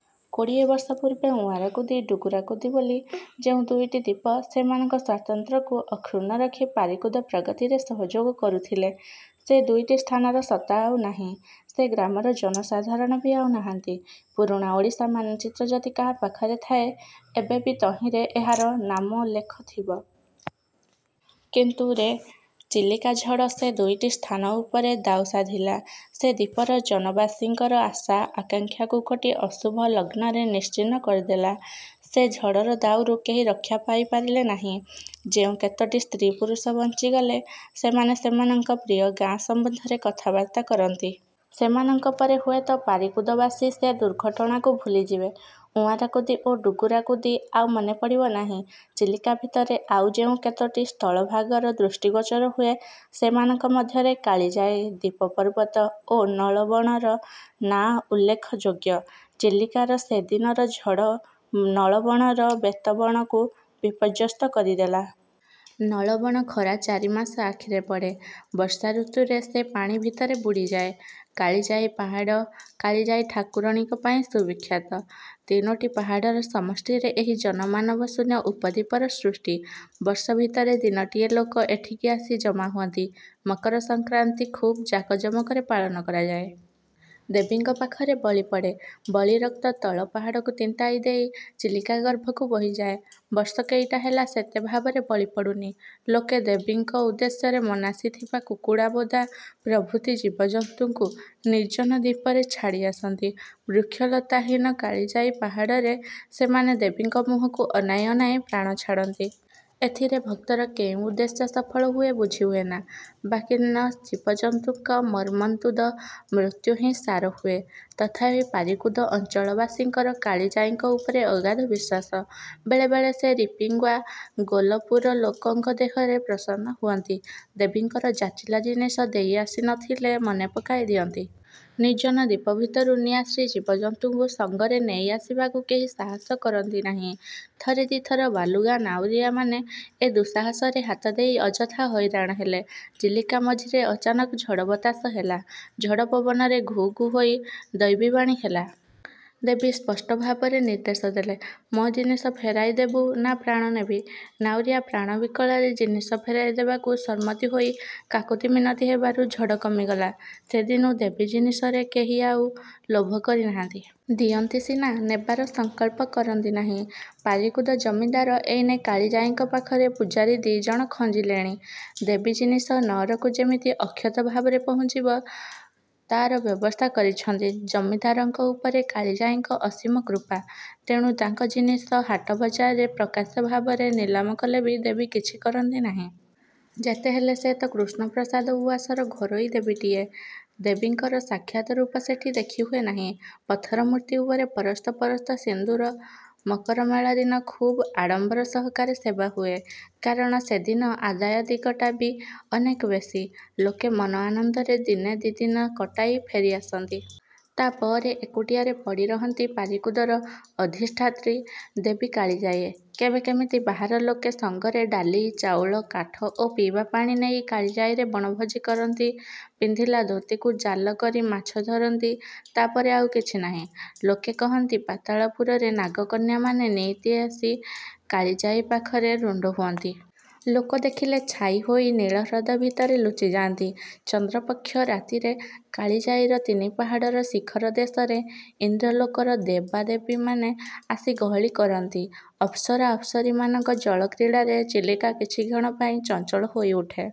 କୋଡ଼ିଏବର୍ଷ ପୂର୍ବେ ଉଆଁରାକୁଦି, ଡୁଗୁରାକୁଦି ବୋଲି ଯେଉଁ ଦୁଇଟି ଦ୍ୱୀପ ସେମାନଙ୍କ ସ୍ୱାତନ୍ତ୍ର୍ୟକୁ ଅକ୍ଷୁଣ୍ଣ ରଖି ପାରିକୁଦ ପ୍ରଗତିରେ ସହଯୋଗ କରୁଥିଲେ, ସେ ଦୁଇଟି ସ୍ଥାନର ସତ୍ତା ଆଉ ନାହିଁ। ସେ ଗ୍ରାମର ଜନସାଧାରଣ ବି ଆଉ ନାହାନ୍ତି। ପୁରୁଣା ଓଡ଼ିଶା ମାନଚିତ୍ର ଯଦି କାହା ପାଖରେ ଥାଏ, ଏବେ ବି ତହିଁରେ ଏହାର ନାମୋଲ୍ଲେଖ ଥିବ। କିନ୍ତୁ। ରେ ଚିଲିକା-ଝଡ଼ ସେ ଦୁଇଟି ସ୍ଥାନ ଉପରେ ଦାଉ ସାଧିଲା। ସେ ଦ୍ୱୀପର ଜନବାସୀଙ୍କର ଆଶା, ଆକାଙ୍କ୍ଷାକୁ ଗୋଟିଏ ଅଶୁଭ ଲଗ୍ନରେ ନିଶ୍ଚିନ୍ନ କରିଦେଲା। ସେ ଝଡ଼ର ଦାଉରୁ କେହି ରକ୍ଷା ପାଇପାରିଲେ ନାହିଁ। ଯେଉଁ କେତୋଟି ସ୍ତ୍ରୀ ପୁରୁଷ ବଞ୍ଚିଗଲେ ସେମାନେ ସେମାନଙ୍କ ପ୍ରିୟ ଗାଁ ସମ୍ବନ୍ଧରେ କଥାବାର୍ତ୍ତା କରନ୍ତି। ସେମାନଙ୍କ ପରେ ହୁଏତ ପାରିକୁଦବାସୀ ସେ ଦୁର୍ଘଟଣାକୁ ଭୁଲିଯିବେ। ଉଆଁରାକୁଦି ଓ ଡୁଗୁରାକୁଦି ଆଉ ମନେପଡ଼ିବ ନାହିଁ। ଚିଲିକା ଭିତରେ ଆଉ ଯେଉଁ କେତୋଟି ସ୍ଥଳଭାଗର ଦୃଷ୍ଟିଗୋଚର ହୁଏ ସେମାନଙ୍କ ମଧ୍ୟରେ କାଳିଜାଈ, ଦ୍ୱୀପପର୍ବତ ଓ ନଳବଣର ନାଁ ଉଲ୍ଲେଖ ଯୋଗ୍ୟ। ଚିଲିକାର ସେଦିନର ଝଡ଼ ନଳବଣର ବେତବଣକୁ ବିପର୍ଯ୍ୟସ୍ତ କରିଦେଲା। ନଳବଣ ଖରା ଚାରିମାସ ଆଖିରେ ପଡ଼େ। ବର୍ଷା ଋତୁରେ ସେ ପାଣି ଭିତରେ ବୁଡ଼ିଯାଏ। କାଳିଜାଈ-ପାହାଡ଼ କାଳିଜାଈ-ଠାକୁରାଣୀଙ୍କ ପାଇଁ ସୁ-ବିଖ୍ୟାତ। ତିନୋଟି ପାହାଡ଼ର ସମଷ୍ଟିରେ ଏହି ଜନମାନବ ଶୂନ୍ୟ ଉପ–ଦ୍ୱୀପର ସୃଷ୍ଟି। ବର୍ଷ ଭିତରେ ଦିନଟିଏ ଲୋକେ ଏଇଠି ଆସି ଜମାହୁଅନ୍ତି। ମକର ସଂକ୍ରାନ୍ତି ଖୁବ୍ ଜାକଜମକରେ ପାଳନ କରାଯାଏ। ଦେବୀଙ୍କ ପାଖରେ ବଳି ପଡ଼େ। ବଳି ରକ୍ତ ତଳ ପାହାଡ଼କୁ ତିନ୍ତାଇ ଦେଇ ଚିଲିକା ଗର୍ଭକୁ ବୋହିଯାଏ। ବର୍ଷ କେଇଟା ହେଲା ସେତେଭାବରେ ବଳି ପଡ଼ୁନି। ଲୋକେ ଦେବୀଙ୍କ ଉଦ୍ଦେଶ୍ୟରେ ମନାସିଥିବା କୁକୁଡ଼ା, ବୋଦା ପ୍ରଭୃତି ଜୀବଜନ୍ତୁଙ୍କୁ ନିର୍ଜନ ଦ୍ୱୀପରେ ଛାଡ଼ି ଆସନ୍ତି। ବୃକ୍ଷଲତାହୀନ କାଳିଜାଈ ପାହାଡ଼ରେ ସେମାନେ ଦେବୀଙ୍କ ମୁହଁକୁ ଅନାଇ ଅନାଇ ପ୍ରାଣ ଛାଡ଼ନ୍ତି। ଏଥିରେ ଭକ୍ତର କେଉଁ ଉଦ୍ଦେଶ୍ୟ ସଫଳ ହୁଏ ବୁଝି ହୁଏନା। ବାକ୍ହୀନ ଜୀବଜନ୍ତୁଙ୍କ ମର୍ମନ୍ତୁଦ ମୃତ୍ୟୁହିଁ ସାର ହୁଏ। ତଥାପି ପାରିକୁଦ ଅଞ୍ଚଳବାସୀଙ୍କର କାଳିଜାଈଙ୍କ ଉପରେ ଅଗାଧ ବିଶ୍ୱାସ। ବେଳେବେଳେ ସେ ରିପିଙ୍ଗ୍ବା ଗୋଲପୁର ଲୋକଙ୍କ ଦେହରେ ପ୍ରସନ୍ନ ହୁଅନ୍ତି। ଦେବୀଙ୍କର ଯାଚିଲା ଜିନିଷ ଦେଇ ଆସି ନଥିଲେ ମନେପକାଇ ଦିଅନ୍ତି। ନିର୍ଜନ ଦ୍ୱୀପ ଭିତରୁ ନିଆଶ୍ରୀ ଜୀବଜନ୍ତୁଙ୍କୁ ସଙ୍ଗରେ ନେଇ ଆସିବାକୁ କେହି ସାହସ କରନ୍ତି ନାହିଁ। ଥରେ ଦି'ଥର ବାଲୁଗାଁ ନାଉରିଆମାନେ ଏ ଦୁଃସାହସରେ ହାତ ଦେଇ ଅଯଥା ହଇରାଣ ହେଲେ। ଚିଲିକା ମଝିରେ ଅଚାନକ ଝଡ଼ ବତାସ ହେଲା। ଝଡ଼ ପବନରେ ଘୁଘୁ ହୋଇ ଦୈବୀବାଣୀ ହେଲା। ଦେବୀ ସ୍ପଷ୍ଟ ଭାବରେ ନିର୍ଦ୍ଦେଶ ଦେଲେ, 'ମୋ ଜିନିଷ ଫେରାଇ ଦେବୁ ନାଁ ପ୍ରାଣ ନେବି? ' ନାଉରିଆ ପ୍ରାଣ ବିକଳରେ ଜିନିଷ ଫେରାଇ ଦେବାକୁ ସମ୍ମତି ହୋଇ କାକୁତି ମିନତି ହେବାରୁ ଝଡ଼ କମିଗଲା। ସେଦିନୁ ଦେବୀ ଜିନିଷରେ କେହି ଆଉ ଲୋଭ କରିନାହାନ୍ତି। ଦିଅନ୍ତି ସିନା, ନେବାର ସଂକଳ୍ପ କରନ୍ତି ନାହିଁ। ପାରିକୁଦ ଜମିଦାର ଏଇନେ କାଳିଜାଈଙ୍କ ପାଖରେ ପୂଜାରୀ ଦି'ଜଣ ଖଞ୍ଜିଲେଣି। ଦେବୀ ଜିନିଷ ନଅରକୁ ଯେମିତି ଅକ୍ଷତ ଭାବରେ ପହୁଞ୍ଚିବ, ତାର ବ୍ୟବସ୍ଥା କରିଛନ୍ତି। ଜମିଦାରଙ୍କ ଉପରେ କାଳିଜାଈଙ୍କ ଅସୀମ କୃପା। ତେଣୁ ତାଙ୍କ ଜିନିଷ ହାଟବଜାରରେ ପ୍ରକାଶ୍ୟ ଭାବରେ ନିଲାମ କଲେ ବି ଦେବୀ କିଛି କରନ୍ତି ନାହିଁ। ଯେତେହେଲେ ସେତ କୃଷ୍ଣପ୍ରସାଦ ଉଆସର ଘରୋଇ ଦେବୀଟିଏ! ଦେବୀଙ୍କର ସାକ୍ଷାତ ରୂପ ସେଠି ଦେଖିହୁଏ ନାହିଁ! ପଥର ମୂର୍ତ୍ତି ଉପରେ ପରସ୍ତ ପରସ୍ତ ସିନ୍ଦୂର। ମକରମେଳା ଦିନ ଖୁବ୍ ଆଡ଼ମ୍ବର ସହକାରେ ସେବାହୁଏ। କାରଣ ସେଦିନ ଆଦାୟ ଦିଗଟା ବି ଅନେକ ବେଶୀ। ଲୋକେ ମନ ଆନନ୍ଦରେ ଦିନେ ଦି'ଦିନ କଟାଇ ଫେରି ଆସନ୍ତି। ତା'ପରେ ଏକୁଟିଆରେ ପଡ଼ି ରହନ୍ତି ପାରିକୁଦର ଅଧିଷ୍ଠାତ୍ରୀ ଦେବୀ କାଳିଜାଈ। କେବେ କେମିତି ବାହାର ଲୋକେ ସଙ୍ଗରେ ଡାଲି, ଚାଉଳ, କାଠ ଓ ପିଇବା ପାଣି ନେଇ କାଳିଜାଈରେ ବଣଭୋଜୀ କରନ୍ତି। ପିନ୍ଧିଲା ଧୋତୀକୁ ଜାଲ କରି ମାଛ ଧରନ୍ତି। ତା'ପରେ ଆଉ କିଛିନାହିଁ। ଲୋକେ କହନ୍ତି, ପାତାଳପୁରରେ ନାଗକନ୍ୟାମାନେ ନିତି ଆସି କାଳିଜାଈ ପାଖରେ ରୁଣ୍ଡ ହୁଅନ୍ତି। ଲୋକ ଦେଖିଲେ ଛାଇ ହୋଇ ନୀଳ ହ୍ରଦ ଭିତରେ ଲୁଚିଯାଆନ୍ତି। ଚନ୍ଦ୍ରପକ୍ଷ ରାତିରେ, କାଳିଜାଈର ତିନିପାହାଡ଼ର ଶିଖର ଦେଶରେ, ଇନ୍ଦ୍ରଲୋକର ଦେବାଦେବୀମାନେ ଆସି ଗହଳି କରନ୍ତି। ଅପ୍ସରା ଅପ୍ସରୀମାନଙ୍କ ଜଳକ୍ରୀଡ଼ାରେ ଚିଲିକା କିଛିକ୍ଷଣ ପାଇଁ ଚଞ୍ଚଳ ହୋଇ ଉଠେ।